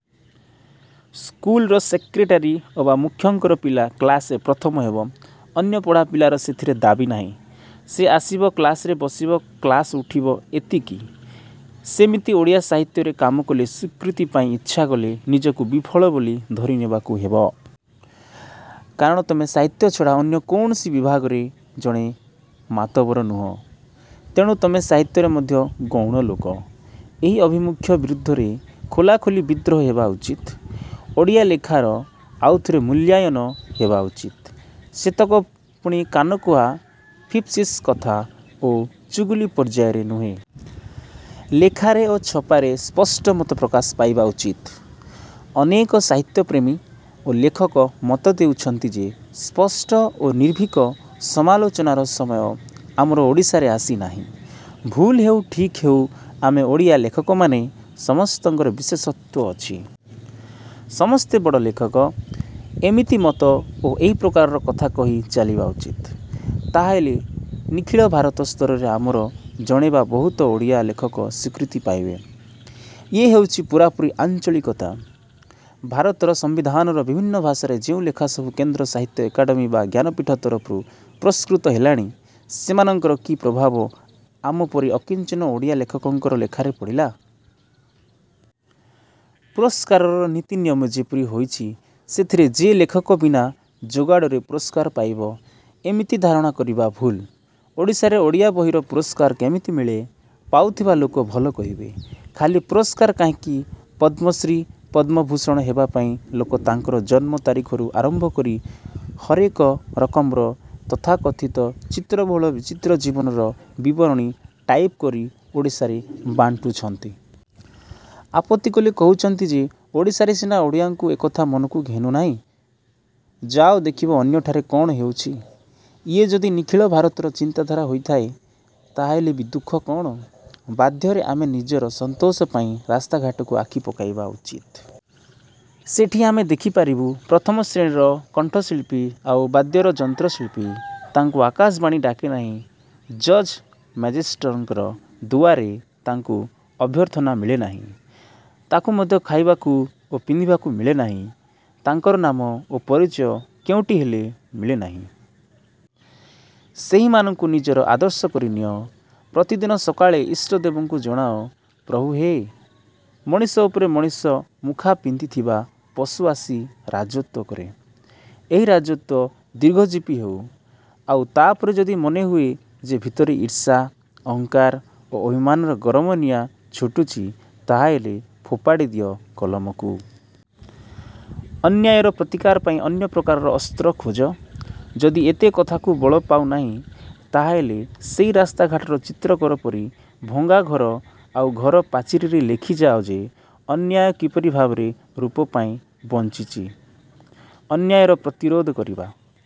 ସ୍କୁଲର ସେକ୍ରେଟାରୀ ଅବା ମୁଖ୍ୟଙ୍କର ପିଲା କ୍ଲାସରେ ପ୍ରଥମ ହେବ। ଅନ୍ୟ ପଢ଼ା ପିଲାର ସେଥିରେ ଦାବୀ ନାହିଁ। ସେ ଆସିବ-କ୍ଲାସରେ ବସିବ କ୍ଲାସ ଉଠିବ-ଏତିକି। ସେମିତି ଓଡ଼ିଆ ସାହିତ୍ୟରେ କାମ କଲେ ସ୍ୱୀକୃତି ପାଇଁ ଇଚ୍ଛା କଲେ ନିଜକୁ ବିଫଳ ବୋଲି ଧରିନେବାକୁ ହେବ। କାରଣ ତମେ ସାହିତ୍ୟ ଛଡ଼ା ଅନ୍ୟ କୌଣସି ବିଭାଗରେ ଜଣେ ମାତବର ନୁହଁ। ତେଣୁ ତମେ ସାହିତ୍ୟରେ ମଧ୍ୟ ଗୌଣ ଲୋକ। ଏହି ଆଭିମୁଖ୍ୟ ବିରୁଦ୍ଧରେ ଖୋଲାଖୋଲି ବିଦ୍ରୋହ ହେବା ଉଚିତ୍। ଓଡ଼ିଆ ଲେଖାର ଆଉ ଥରେ ମୂଲ୍ୟାୟନ ହେବା ଉଚିତ୍। ସେତକ ପୁଣି କାନକୁହା ଫିସ୍ଫିସ୍ କଥା ଓ ଚୁଗୁଲି ପର୍ଯ୍ୟାୟରେ ନୁହେଁ। ଲେଖାରେ ଓ ଛପାରେ ସ୍ପଷ୍ଟ ମତ ପ୍ରକାଶ ପାଇବା ଉଚିତ୍। ଅନେକ ସାହିତ୍ୟପ୍ରେମୀ ଓ ଲେଖକ ମତ ଦେଉଛନ୍ତି ଯେ ସ୍ପଷ୍ଟ ଓ ନିର୍ଭୀକ ସମାଲୋଚନାର ସମୟ ଆମର ଓଡ଼ିଶାରେ ଆସି ନାହିଁ। ଭୁଲ୍ ହେଉ ଠିକ୍ ହେଉ ଆମେ ଓଡ଼ିଆ ଲେଖକମାନେ ସମସ୍ତଙ୍କର ବିଶେଷତ୍ୱ ଅଛି। ସମସ୍ତେ ବଡ଼ ଲେଖକ-ଏମିତି ମତ ଓ ଏହି ପ୍ରକାରର କଥା କହି ଚାଲିବା ଉଚିତ୍। ତାହାହେଲେ ନିଖିଳ ଭାରତ ସ୍ତରରେ ଆମର ଜଣେ ବା ବହୁତ ଓଡ଼ିଆ ଲେଖକ ସ୍ୱୀକୃତି ପାଇବେ। ଇଏ ହେଉଛି ପୂରାପୂରି ଆଞ୍ଚଳିକତା। ଭାରତର ସମ୍ୱିଧାନର ବିଭିନ୍ନ ଭାଷାରେ ଯେଉଁ ଲେଖା ସବୁ କେନ୍ଦ୍ର ସାହିତ୍ୟ ଏକାଡେମି ବା ଜ୍ଞାନପୀଠ ତରଫରୁ ପୁରସ୍କୃତ ହେଲାଣି ସେମାନଙ୍କର କି ପ୍ରଭାବ ଆମପରି ଅକିଞ୍ଚନ ଓଡ଼ିଆ ଲେଖକଙ୍କର ଲେଖାରେ ପଡ଼ିଲା? ପୁରସ୍କାରର ନୀତି ନିୟମ ଯେପରି ହୋଇଛି ସେଥିରେ ଯେ ଲେଖକ ବିନା ଯୋଗାଡ଼ରେ ପୁରସ୍କାର ପାଇବ-ଏମିତି ଧାରଣା କରିବା ଭୁଲ୍। ଓଡ଼ିଶାରେ ଓଡ଼ିଆ ବହିର ପୁରସ୍କାର କେମିତି ମିଳେ-ପାଉଥିବା ଲୋକ ଭଲ କହିବେ। ଖାଲି ପୁରସ୍କାର କାହିଁକି ପଦ୍ମଶ୍ରୀ ପଦ୍ମଭୂଷଣ ହେବା ପାଇଁ ଲୋକ ତାଙ୍କର ଜନ୍ମ ତାରିଖରୁ ଆରମ୍ଭ କରି ହରେକ ରକମର ତଥାକଥିତ ଚିତ୍ରବହୁଳ ବିଚିତ୍ର ଜୀବନର ବିବରଣୀ ଟାଇପ କରି ଓଡ଼ିଶାରେ ବାଣ୍ଟୁଛନ୍ତି। ଆପତ୍ତି କଲେ କହୁଛନ୍ତି ଯେ ଓଡ଼ିଶାରେ ସିନା ଓଡ଼ିଆଙ୍କୁ ଏକଥା ମନକୁ ଘେନୁ ନାହିଁ। ଯାଅ ଦେଖିବ ଅନ୍ୟଠାରେ କ'ଣ ହେଉଛି? ଇଏ ଯଦି ନିଖିଳ ଭାରତର ଚିନ୍ତାଧାରା ହୋଇଥାଏ ତାହାହେଲେ ବି ଦୁଃଖ କ'ଣ? ବାଧ୍ୟରେ ଆମେ ନିଜର ସନ୍ତୋଷ ପାଇଁ ରାସ୍ତାଘାଟକୁ ଆଖି ପକାଇବା ଉଚିତ୍। ସେଠି ଆମେ ଦେଖି ପାରିବୁ ପ୍ରଥମ ଶ୍ରେଣୀର କଣ୍ଠଶିଳ୍ପୀ ଆଉ ବାଦ୍ୟର ଯନ୍ତ୍ର-ଶିଳ୍ପୀ। ତାଙ୍କୁ ଆକାଶବାଣୀ ଡାକେ ନାହିଁ। ଜଜ୍ ମେଜେଷ୍ଟରଙ୍କର ଦୁଆରେ ତାଙ୍କୁ ଅଭ୍ୟର୍ଥନା ମିଳେ ନାହିଁ। ତାକୁ ମଧ୍ୟ ଖାଇବାକୁ ଓ ପିନ୍ଧିବାକୁ ମିଳେ ନାହିଁ। ତାଙ୍କର ନାମ ଓ ପରିଚୟ କେଉଁଠି ହେଲେ ମିଳେ ନାହିଁ। ସେହିମାନଙ୍କୁ ନିଜର ଆଦର୍ଶ କରି ନିଅ। ପ୍ରତିଦିନ ସକାଳେ ଇଷ୍ଟଦେବଙ୍କୁ ଜଣାଅ-ପ୍ରଭୁ ହେ! ମଣିଷ ଉପରେ ମଣିଷ ମୁଖା ପିନ୍ଧିଥିବା ପଶୁ ଆସି ରାଜତ୍ୱ କରେ। ଏଇ ରାଜତ୍ୱ ଦୀର୍ଘଜୀବୀ ହେଉ। ଆଉ ତା'ପରେ ଯଦି ମନେ ହୁଏ ଯେ ଭିତରେ ଈର୍ଷା, ଅହଙ୍କାର ଓ ଅଭିମାନର ଗରମ ନିଆଁ ଛୁଟୁଛି ତାହାହେଲେ ଫୋପାଡ଼ି ଦିଅ କଲମକୁ। ଅନ୍ୟାୟର ପ୍ରତିକାର ପାଇଁ ଅନ୍ୟପ୍ରକାରର ଅସ୍ତ୍ର ଖୋଜ। ଯଦି ଏତେ କଥାକୁ ବଳପାଉ ନାହିଁ ତାହାହେଲେ ସେହି ରାସ୍ତାଘାଟର ଚିତ୍ରକର ପରି ଭଙ୍ଗା ଘର ଆଉ ଘର ପାଚେରିରେ ଲେଖି ଯାଅ ଯେ ଅନ୍ୟାୟ କିପରି ଭାବରେ ରୂପ ପାଇ ବଞ୍ଚିଛି-। ଅନ୍ୟାୟର ପ୍ରତିରୋଧ କରିବା